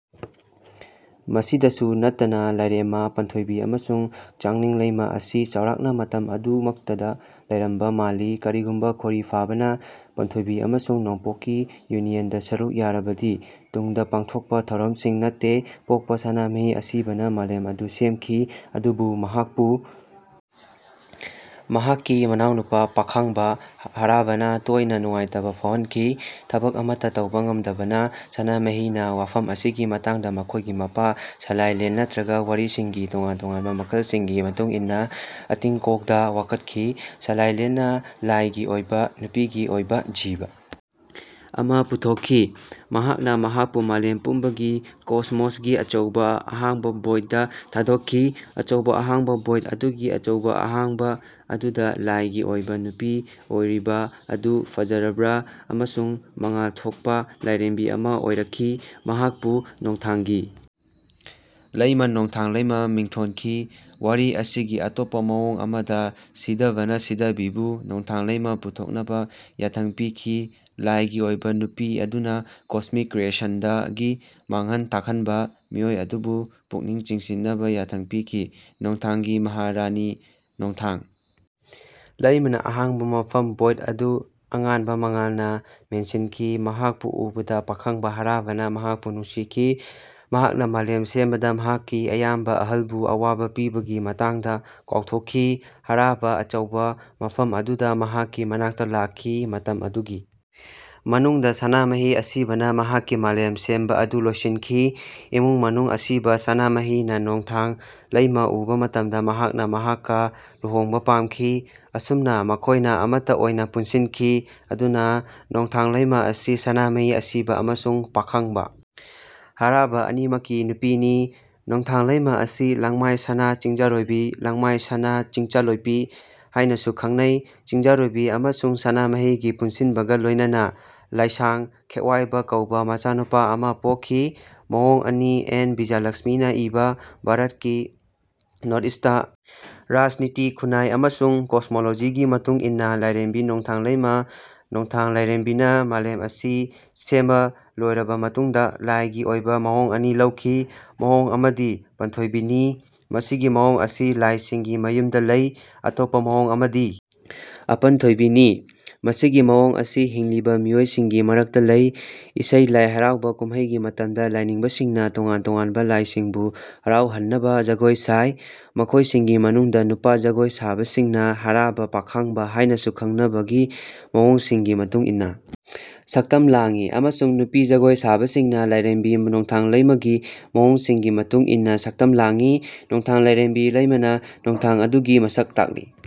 ꯃꯁꯤꯗꯁꯨ ꯅꯠꯇꯅ ꯂꯥꯏꯔꯦꯝꯃꯥ ꯄꯥꯟꯊꯣꯏꯕꯤ ꯑꯃꯁꯨꯡ ꯆꯥꯡꯅꯤꯡ ꯂꯩꯃꯥ ꯑꯁꯤ ꯆꯥꯎꯔꯥꯛꯅ ꯃꯇꯝ ꯑꯗꯨꯃꯛꯇꯗ ꯂꯩꯔꯝꯕ ꯃꯥꯜꯂꯤ ꯀꯔꯤꯒꯨꯝꯕ ꯈꯣꯔꯤꯐꯥꯕꯥꯅ ꯄꯥꯟꯊꯣꯏꯕꯤ ꯑꯃꯁꯨꯡ ꯅꯣꯡꯄꯣꯛꯀꯤ ꯌꯨꯅꯤꯌꯟꯗ ꯁꯔꯨꯛ ꯌꯥꯔꯕꯗꯤ ꯇꯨꯡꯗ ꯄꯥꯡꯊꯣꯛꯄ ꯊꯧꯔꯝꯁꯤꯡ ꯅꯠꯇꯦ ꯄꯣꯛꯄ ꯁꯅꯥꯃꯍꯤ ꯑꯁꯤꯕꯥꯅ ꯃꯥꯂꯦꯝ ꯑꯗꯨ ꯁꯦꯝꯈꯤ꯫ ꯑꯗꯨꯕꯨ ꯃꯍꯥꯛꯄꯨ ꯃꯍꯥꯛꯀꯤ ꯃꯅꯥꯎꯅꯨꯄꯥ ꯄꯥꯈꯥꯡꯕꯥ ꯍꯔꯥꯕꯥꯅ ꯇꯣꯏꯅ ꯅꯨꯡꯉꯥꯏꯇꯕ ꯐꯥꯎꯍꯟꯈꯤ꯫ ꯊꯕꯛ ꯑꯃꯠꯇ ꯇꯧꯕ ꯉꯝꯗꯕꯅ ꯁꯅꯥꯃꯍꯤꯅ ꯋꯥꯐꯝ ꯑꯁꯤꯒꯤ ꯃꯇꯥꯡꯗ ꯃꯈꯣꯏꯒꯤ ꯃꯄꯥ ꯁꯥꯂꯥꯏꯂꯦꯟ ꯅꯠꯇ꯭ꯔꯒ ꯋꯥꯔꯤꯁꯤꯡꯒꯤ ꯇꯣꯉꯥꯟ ꯇꯣꯉꯥꯟꯕ ꯃꯈꯜꯁꯤꯡꯒꯤ ꯃꯇꯨꯡ ꯏꯟꯅ ꯑꯇꯤꯡꯀꯣꯛꯗ ꯋꯥꯀꯠꯈꯤ꯫ ꯁꯂꯥꯏꯂꯦꯟꯅ ꯂꯥꯏꯒꯤ ꯑꯣꯏꯕ ꯅꯨꯄꯤꯒꯤ ꯑꯣꯏꯕ ꯖꯤꯕ ꯑꯃ ꯄꯨꯊꯣꯛꯈꯤ꯫ ꯃꯍꯥꯛꯅ ꯃꯍꯥꯛꯄꯨ ꯃꯥꯂꯦꯝ ꯄꯨꯝꯕꯒꯤ ꯀꯣꯁꯃꯣꯁꯒꯤ ꯑꯆꯧꯕ ꯑꯍꯥꯡꯕ ꯚꯣꯏꯗ ꯗ ꯊꯥꯗꯣꯛꯈꯤ꯫ ꯑꯆꯧꯕ ꯑꯍꯥꯡꯕ ꯚꯣꯏꯗ ꯑꯗꯨꯒꯤ ꯑꯆꯧꯕ ꯑꯍꯥꯡꯕ ꯑꯗꯨꯗ ꯂꯥꯏꯒꯤ ꯑꯣꯏꯕ ꯅꯨꯄꯤ ꯑꯣꯏꯔꯤꯕ ꯑꯗꯨ ꯐꯖꯔꯕ ꯑꯃꯁꯨꯡ ꯃꯉꯥꯜ ꯊꯣꯛꯄ ꯂꯥꯏꯔꯦꯝꯕꯤ ꯑꯃ ꯑꯣꯏꯔꯛꯈꯤ꯫ ꯃꯍꯥꯛꯄꯨ ꯅꯣꯡꯊꯥꯡꯒꯤ ꯂꯩꯃ ꯅꯣꯡꯊꯥꯡ ꯂꯩꯃ ꯃꯤꯡꯊꯣꯟꯈꯤ꯫ ꯋꯥꯔꯤ ꯑꯁꯤꯒꯤ ꯑꯇꯣꯞꯄ ꯃꯑꯣꯡ ꯑꯃꯗ ꯁꯤꯗꯥꯕꯥꯅ ꯁꯤꯗꯥꯕꯤꯕꯨ ꯅꯣꯡꯊꯥꯡ ꯂꯩꯃꯥ ꯄꯨꯊꯣꯛꯅꯕ ꯌꯥꯊꯪ ꯄꯤꯈꯤ ꯂꯥꯏꯒꯤ ꯑꯣꯏꯕ ꯅꯨꯄꯤ ꯑꯗꯨꯅ ꯀꯣꯁꯃꯤꯛ ꯀ꯭ꯔꯤꯌꯦꯁꯟꯗꯒꯤ ꯃꯥꯡꯍꯟ ꯇꯥꯛꯍꯟꯕ ꯃꯤꯑꯣꯏ ꯑꯗꯨꯕꯨ ꯄꯨꯛꯅꯤꯡ ꯆꯤꯡꯁꯤꯟꯅꯕ ꯌꯥꯊꯪ ꯄꯤꯈꯤ꯫ ꯅꯣꯡꯊꯥꯡꯒꯤ ꯃꯍꯥꯔꯥꯅꯤ ꯅꯣꯡꯊꯥꯡ ꯂꯩꯃꯥꯅ ꯑꯍꯥꯡꯕ ꯃꯐꯝ ꯚꯣꯏꯗ ꯑꯗꯨ ꯑꯉꯥꯟꯕ ꯃꯉꯥꯜꯅ ꯃꯦꯟꯁꯤꯟꯈꯤ꯫ ꯃꯍꯥꯛꯄꯨ ꯎꯕꯗ ꯄꯥꯈꯥꯡꯕꯥ ꯍꯔꯥꯕꯥꯅ ꯃꯍꯥꯛꯄꯨ ꯅꯨꯡꯁꯤꯈꯤ꯫ ꯃꯍꯥꯛꯅ ꯃꯥꯂꯦꯝ ꯁꯦꯝꯕꯗ ꯃꯍꯥꯛꯀꯤ ꯃꯌꯥꯝꯕ ꯑꯍꯜꯕꯨ ꯑꯋꯥꯕ ꯄꯤꯕꯒꯤ ꯃꯇꯥꯡꯗ ꯀꯥꯎꯊꯣꯛꯈꯤ꯫ ꯍꯔꯥꯕꯥ ꯑꯆꯧꯕ ꯃꯐꯝ ꯑꯗꯨꯗ ꯃꯍꯥꯛꯀꯤ ꯃꯅꯥꯛꯇ ꯂꯥꯛꯈꯤ꯫ ꯃꯇꯝ ꯑꯗꯨꯒꯤ ꯃꯅꯨꯡꯗ ꯁꯅꯥꯃꯍꯤ ꯑꯁꯤꯕꯥꯅ ꯃꯍꯥꯛꯀꯤ ꯃꯥꯂꯦꯝ ꯁꯦꯝꯕ ꯑꯗꯨ ꯂꯣꯏꯁꯤꯟꯈꯤ꯫ ꯏꯃꯨꯡ ꯃꯅꯨꯡ ꯑꯁꯤꯕꯥ ꯁꯅꯥꯃꯍꯤꯅ ꯅꯣꯡꯊꯥꯡ ꯂꯩꯃꯥ ꯎꯕ ꯃꯇꯝꯗ ꯃꯍꯥꯛꯅ ꯃꯍꯥꯛꯀ ꯂꯨꯍꯣꯡꯕ ꯄꯥꯝꯈꯤ꯫ ꯑꯁꯨꯝꯅ ꯃꯈꯣꯏꯅ ꯑꯃꯠꯇ ꯑꯣꯏꯅ ꯄꯨꯟꯁꯤꯟꯈꯤ꯫ ꯑꯗꯨꯅ ꯅꯣꯡꯊꯥꯡ ꯂꯩꯃꯥ ꯑꯁꯤ ꯁꯅꯥꯃꯍꯤ ꯑꯁꯤꯕꯥ ꯑꯃꯁꯨꯡ ꯄꯥꯈꯥꯡꯕꯥ ꯍꯔꯥꯕꯥ ꯑꯅꯤꯃꯛꯀꯤ ꯅꯨꯄꯤꯅꯤ꯫ ꯅꯣꯡꯊꯥꯡ ꯂꯩꯃꯥ ꯑꯁꯤ ꯂꯥꯡꯃꯥꯏ ꯁꯅꯥ ꯆꯤꯡꯖꯥꯔꯣꯏꯕꯤ ꯂꯥꯡꯃꯥꯏ ꯁꯅꯥ ꯆꯤꯡꯆꯥꯂꯣꯏꯄꯤ ꯍꯥꯏꯅꯁꯨ ꯈꯪꯅꯩ꯫ ꯆꯤꯡꯖꯔꯣꯏꯕꯤ ꯑꯃꯁꯨꯡ ꯁꯅꯥꯃꯍꯤꯒꯤ ꯄꯨꯟꯁꯤꯟꯕꯒ ꯂꯣꯏꯅꯅ ꯂꯥꯏꯁꯥꯡ ꯈꯦꯛꯋꯥꯏꯕꯥ ꯀꯧꯕ ꯃꯆꯥꯅꯨꯄꯥ ꯑꯃ ꯄꯣꯛꯈꯤ꯫ ꯃꯑꯣꯡ ꯑꯅꯤ ꯑꯦꯟ ꯕꯤꯖꯌꯂꯛ꯭ꯁꯃꯤꯅ ꯏꯕ ꯚꯥꯔꯠꯀꯤ ꯅꯣꯔꯊ ꯏꯁꯠꯇ ꯔꯥꯖꯅꯤꯇꯤ ꯈꯨꯟꯅꯥꯏ ꯑꯃꯁꯨꯡ ꯀꯣꯁꯃꯣꯂꯣꯖꯤꯒꯤ ꯃꯇꯨꯡ ꯏꯟꯅ ꯂꯥꯏꯔꯦꯝꯕꯤ ꯅꯣꯡꯊꯥꯡ ꯂꯩꯃꯥ ꯅꯣꯡꯊꯥꯡ ꯂꯥꯏꯔꯦꯝꯕꯤꯅ ꯃꯥꯂꯦꯝ ꯑꯁꯤ ꯁꯦꯝꯕ ꯂꯣꯏꯔꯕ ꯃꯇꯨꯡꯗ ꯂꯥꯏꯒꯤ ꯑꯣꯏꯕ ꯃꯑꯣꯡ ꯑꯅꯤ ꯂꯧꯈꯤ꯫ ꯃꯑꯣꯡ ꯑꯃꯗꯤ ꯄꯥꯟꯊꯣꯏꯕꯤꯅꯤ꯫ ꯃꯁꯤꯒꯤ ꯃꯑꯣꯡ ꯑꯁꯤ ꯂꯥꯏꯁꯤꯡꯒꯤ ꯃꯌꯨꯝꯗ ꯂꯩ꯫ ꯑꯇꯣꯞꯄ ꯃꯑꯣꯡ ꯑꯃꯗꯤ ꯑꯄꯟꯊꯣꯏꯕꯤꯅꯤ꯫ ꯃꯁꯤꯒꯤ ꯃꯑꯣꯡ ꯑꯁꯤ ꯍꯤꯡꯂꯤꯕ ꯃꯤꯑꯣꯏꯁꯤꯡꯒꯤ ꯃꯔꯛꯇ ꯂꯩ꯫ ꯏꯁꯩ ꯂꯥꯏ ꯍꯔꯥꯎꯕꯥ ꯀꯨꯝꯍꯩꯒꯤ ꯃꯇꯝꯗ ꯂꯥꯏꯅꯤꯡꯕꯁꯤꯡꯅ ꯇꯣꯉꯥꯟ ꯇꯣꯉꯥꯟꯕ ꯂꯥꯏꯁꯤꯡꯕꯨ ꯍꯔꯥꯎꯍꯟꯅꯕ ꯖꯒꯣꯏ ꯁꯥꯏ꯫ ꯃꯈꯣꯏꯁꯤꯡꯒꯤ ꯃꯅꯨꯡꯗ ꯅꯨꯄꯥ ꯖꯒꯣꯏ ꯁꯥꯕꯁꯤꯡꯅ ꯍꯔꯥꯕꯥ ꯄꯥꯈꯥꯡꯕꯥ ꯍꯥꯏꯅꯁꯨ ꯈꯪꯅꯕ ꯒꯤ ꯃꯑꯣꯡꯁꯤꯡꯒꯤ ꯃꯇꯨꯡ ꯏꯟꯅ ꯁꯛꯇꯝ ꯂꯥꯡꯏ ꯑꯃꯁꯨꯡ ꯅꯨꯄꯤ ꯖꯒꯣꯏ ꯁꯥꯕꯁꯤꯡꯅ ꯂꯥꯏꯔꯦꯝꯕꯤ ꯅꯣꯡꯊꯥꯡ ꯂꯩꯃꯥꯒꯤ ꯃꯑꯣꯡꯁꯤꯡꯒꯤ ꯃꯇꯨꯡ ꯏꯟꯅ ꯁꯛꯇꯝ ꯂꯥꯡꯏ꯫ ꯅꯣꯡꯊꯥꯡ ꯂꯥꯏꯔꯦꯝꯕꯤ ꯂꯩꯃꯥꯅ ꯅꯣꯡꯊꯥꯡ ꯑꯗꯨꯒꯤ ꯃꯁꯛ ꯇꯥꯛꯂꯤ꯫